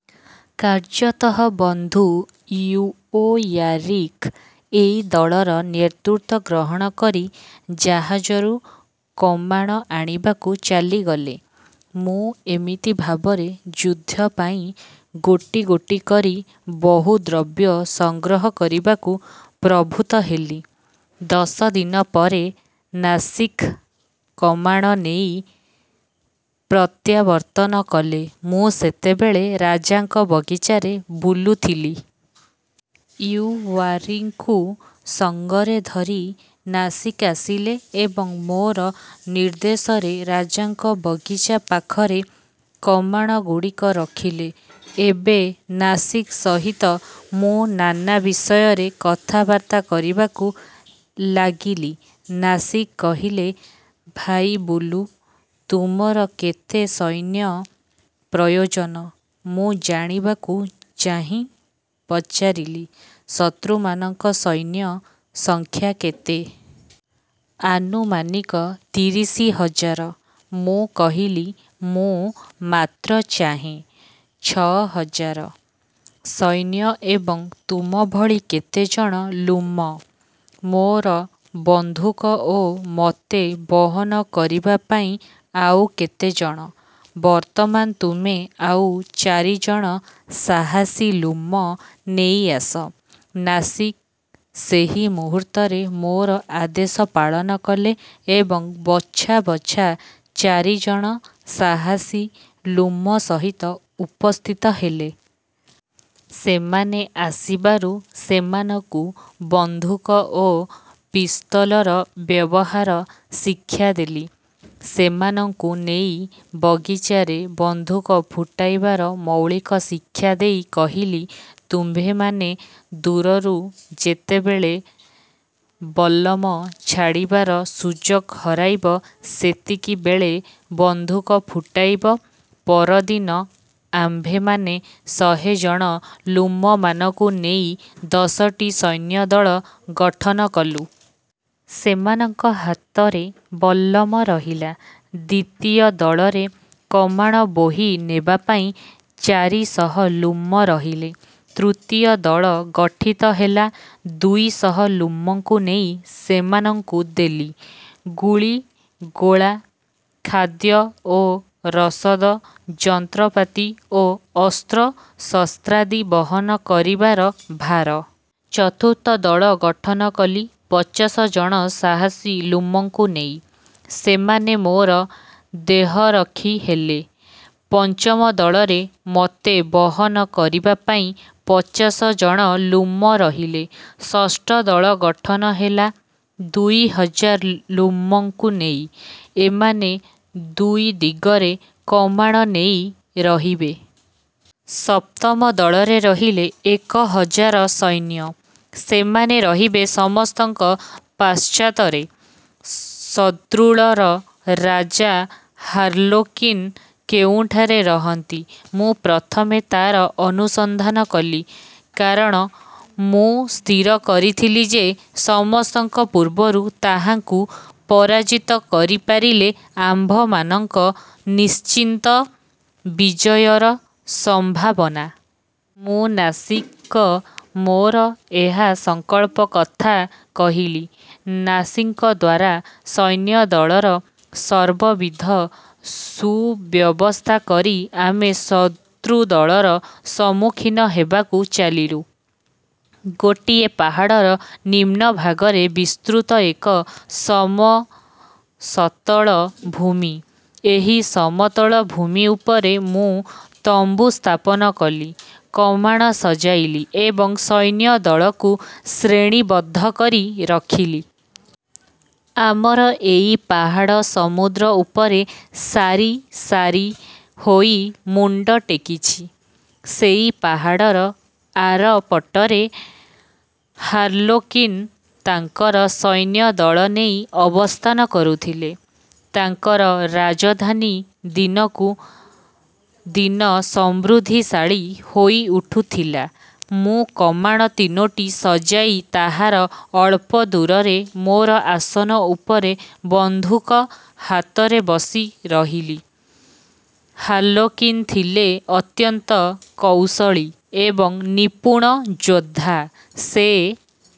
କାର୍ଯ୍ୟତଃ ବନ୍ଧୁ ଇଉଓୟାରକି ଏଇ ଦଳର ନେତୃତ୍ୱ ଗ୍ରହଣ କରି ଜାହାଜରୁ କମାଣ ଆଣିବାକୁ ଚାଲିଗଲେ। ମୁଁ ଏମିତି ଭାବରେ ଯୁଦ୍ଧପାଇଁ ଗୋଟି ଗୋଟି କରି ବହୁ ଦ୍ରବ୍ୟ ସଂଗ୍ରହ କରିବାକୁ ପ୍ରବୃତ୍ତ ହେଲି। ଦଶଦିନ ପରେ ନାସିଗ୍ କମାଣ ନେଇ ପ୍ରତ୍ୟାବର୍ତ୍ତନ କଲେ। ମୁଁ ସେତେବେଳେ ରାଜାଙ୍କ ବଗିଚାରେ ବୁଲୁଥିଲି। ଇଉଓୟାରକିଙ୍କୁ ସଙ୍ଗରେ ଧରି ନାସିଗ୍ ଆସିଲେ ଏବଂ ମୋର ନିର୍ଦ୍ଦେଶରେ ରାଜାଙ୍କ ବଗିଚା ପାଖରେ କମାଣଗୁଡ଼ିକ ରଖିଲେ। ଏବେ ନାସିଗ୍ ସହିତ ମୁଁ ନାନା ବିଷୟରେ କଥାବାର୍ତ୍ତା କରିବାକୁ ଲାଗିଲି। ନାସିଗ୍ କହିଲେ, ଭାଇ ବୁଲୁ, ତୁମର କେତେ ସୈନ୍ୟ ପ୍ରୟୋଜନ? ମୁଁ ଜାଣିବାକୁ ଚାହିଁ ପଚାରିଲି,-ଶତ୍ରୁମାନଙ୍କ ସୈନ୍ୟ ସଂଖ୍ୟା କେତେ? ''ଆନୁମାନିକ ତିରିଶ ହଜାର। '' ମୁଁ କହିଲି-ମୁଁ ମାତ୍ର ଚାହେଁ ଛଅ ହଜାର ସୈନ୍ୟ ଏବଂ ତୁମଭଳି କେତେଜଣ ଲ୍ଲୁମ। ମୋର ବନ୍ଧୁକ ଓ ମୋତେ ବହନ କରିବାପାଇଁ ଆଉ କେତେ ଜଣ। ବର୍ତ୍ତମାନ ତୁମେ ଆଉ ଚାରିଜଣ ସାହସୀ ଲ୍ଲୁମ ନେଇ ଆସ। ନାସିଗ୍ ସେହି ମୁହୂର୍ତ୍ତରେ ମୋର ଆଦେଶ ପାଳନ କଲେ ଏବଂ ବଛା ବଛା ଚାରିଜଣ ସାହସୀ ଲ୍ଲୁମ ସହିତ ଉପସ୍ଥିତ ହେଲେ। ସେମାନେ ଆସିବାରୁ ସେମାନଙ୍କୁ ବନ୍ଧୁକ ଓ ପିସ୍ତଲର ବ୍ୟବହାର ଶିକ୍ଷା ଦେଲି। ସେମାନଙ୍କୁ ନେଇ ବଗିଚାରେ ବନ୍ଧୁକ ଫୁଟାଇବାର ମୌଳିକ ଶିକ୍ଷା ଦେଇ କହିଲି, ''ତୁମ୍ଭେମାନେ ଦୂରରୁ ଯେତେବେଳେ ବଲ୍ଲମ ଛାଡ଼ିବାର ସୁଯୋଗ ହରାଇବ। ସେତିକିବେଳେ ବନ୍ଧୁକ ଫୁଟାଇବ। '' ପରଦିନ ଆମ୍ଭେମାନେ ଶହେଜଣ ଲ୍ଲୁମମାନଙ୍କୁ ନେଇ ଦଶଟି ସୈନ୍ୟଦଳ ଗଠନ କଲୁ। ସେମାନଙ୍କ ହାତରେ ବଲ୍ଲମ ରହିଲା। ଦ୍ୱିତୀୟ ଦଳରେ କମାଣ ବୋହି ନେବାପାଇଁ ଚାରି ଶହ ଲ୍ଳୁମ ରହିଲେ। ତୃତୀୟ ଦଳ ଗଠିତ ହେଲା ଦୁଇ ଶହ ଲ୍ଲୁମଙ୍କୁ ନେଇ। ସେମାନଙ୍କୁ ଦେଲି, ଗୁଳିଗୋଳା, ଖାଦ୍ୟ ଓ ରସଦ, ଯନ୍ତ୍ରପାତି ଓ ଅସ୍ତ୍ରଶସ୍ତ୍ରାଦି ବହନ କରିବାର ଭାର। ଚତୁର୍ଥ ଦଳ ଗଠନ କଲି ପଚାଶ ଜଣ ସାହାସୀ ଲ୍ଲୁମଙ୍କୁ ନେି। ସେମାନେ ମୋର ଦେହରକ୍ଷୀ ହେଲେ। ପଞ୍ଚମ ଦଳରେ ମୋତେ ବହନ କରିବାପାଇଁ ପଚାଶ ଜଣ ଲ୍ଲୁମ ରହିଲେ। ଷଷ୍ଠ ଦଳ ଗଠନ ହେଲା, ଦୁଇ ହଜାର ଲ୍ଲୁମଙ୍କୁ ନେଇ। ଏମାନେ ଦୁଇ ଦିଗରେ କମାଣ ନେଇ ରହିବେ। ସପ୍ତମ ଦଳରେ ରହିଲେ ଏକହଜାର ସୈନ୍ୟ। ସେମାନେ ରହିବେ ସମସ୍ତଙ୍କ ପଶ୍ଚାତରେ। ଶତ୍ରୁଦଳର ରଜା ହାର୍ଲୋକିନ କେଉଁଠାରେ ରହନ୍ତି, ମୁଁ ପ୍ରଥମେ ତା'ର ଅନୁସନ୍ଧାନ କଲି-। କାରଣ, ମୁଁ ସ୍ଥିର କରିଥିଲି ଯେ, ସମସ୍ତଙ୍କ ପୂର୍ବରୁ ତାହାଙ୍କୁ ପରାଜିତ କରିପାରିଲେ ଆମ୍ଭମାନଙ୍କ ନିଶ୍ଚିତ ବିଜୟର ସମ୍ଭାବନା। ମୁଁ ନାସିଗ୍ଙ୍କୁ ମୋର ଏହ ସଂକଳ୍ପ କଥା କହିଲି। ନାସିଗ୍ଦ୍ୱାରା ସୈନ୍ୟଦଳର ସର୍ବବିଧ ସୁବ୍ୟବସ୍ଥା କରି ଆମେ ଶତ୍ରୁଦଳର ସମ୍ମୁଖୀନ ହେବାକୁ ଚାଲିଲୁ। ଗୋଟିଏ ପାହାଡ଼ର ନିମ୍ନ ଭାଗରେ ବିସ୍ତୃତ ଏକ ସମସତଳ ଭୂମି। ଏହି ସମତଳ ଭୂମି ଉପରେ ମୁଁ ତମ୍ବୁ ସ୍ଥାପନ କଲି, କମାଣ ସଜାଇଲି ଏବଂ ସୈନ୍ୟଦଳକୁ ଶ୍ରେଣୀବଦ୍ଧ କରି ରଖିଲି। ଆମର ଏଇ ପାହାଡ଼ ସମୁଦ୍ର ଉପରେ ସାରି ସାରି ହୋଇ ମୁଣ୍ଡ ଟେକିଛି। ସେଇ ପାହାଡ଼ର ଆର ପଟରେ ହାର୍ଲୋକିନ ତାଙ୍କର ସୈନ୍ୟଦଳ ନେଇ ଅବସ୍ଥାନ କରୁଥିଲେ। ତାଙ୍କର ରାଜଧାନୀ ଦିନକୁ ଦିନ ସମୃଦ୍ଧିଶାଳୀ ହୋଇଉଠୁଥିଲା। ମୁଁ କମାଣ ତିନୋଟି ସଜାଇ ତାହାର ଅଳ୍ପ ଦୂରରେ ମୋର ଆସନ ଉପରେ ବନ୍ଧୁକ ହାତରେ ବସି ରହିଲି। ହାର୍ଲୋକିନ ଥିଲେ ଅତ୍ୟନ୍ତ କୌଶଳୀ ଏବଂ ନିପୁଣ ଯୋଦ୍ଧା। ସେ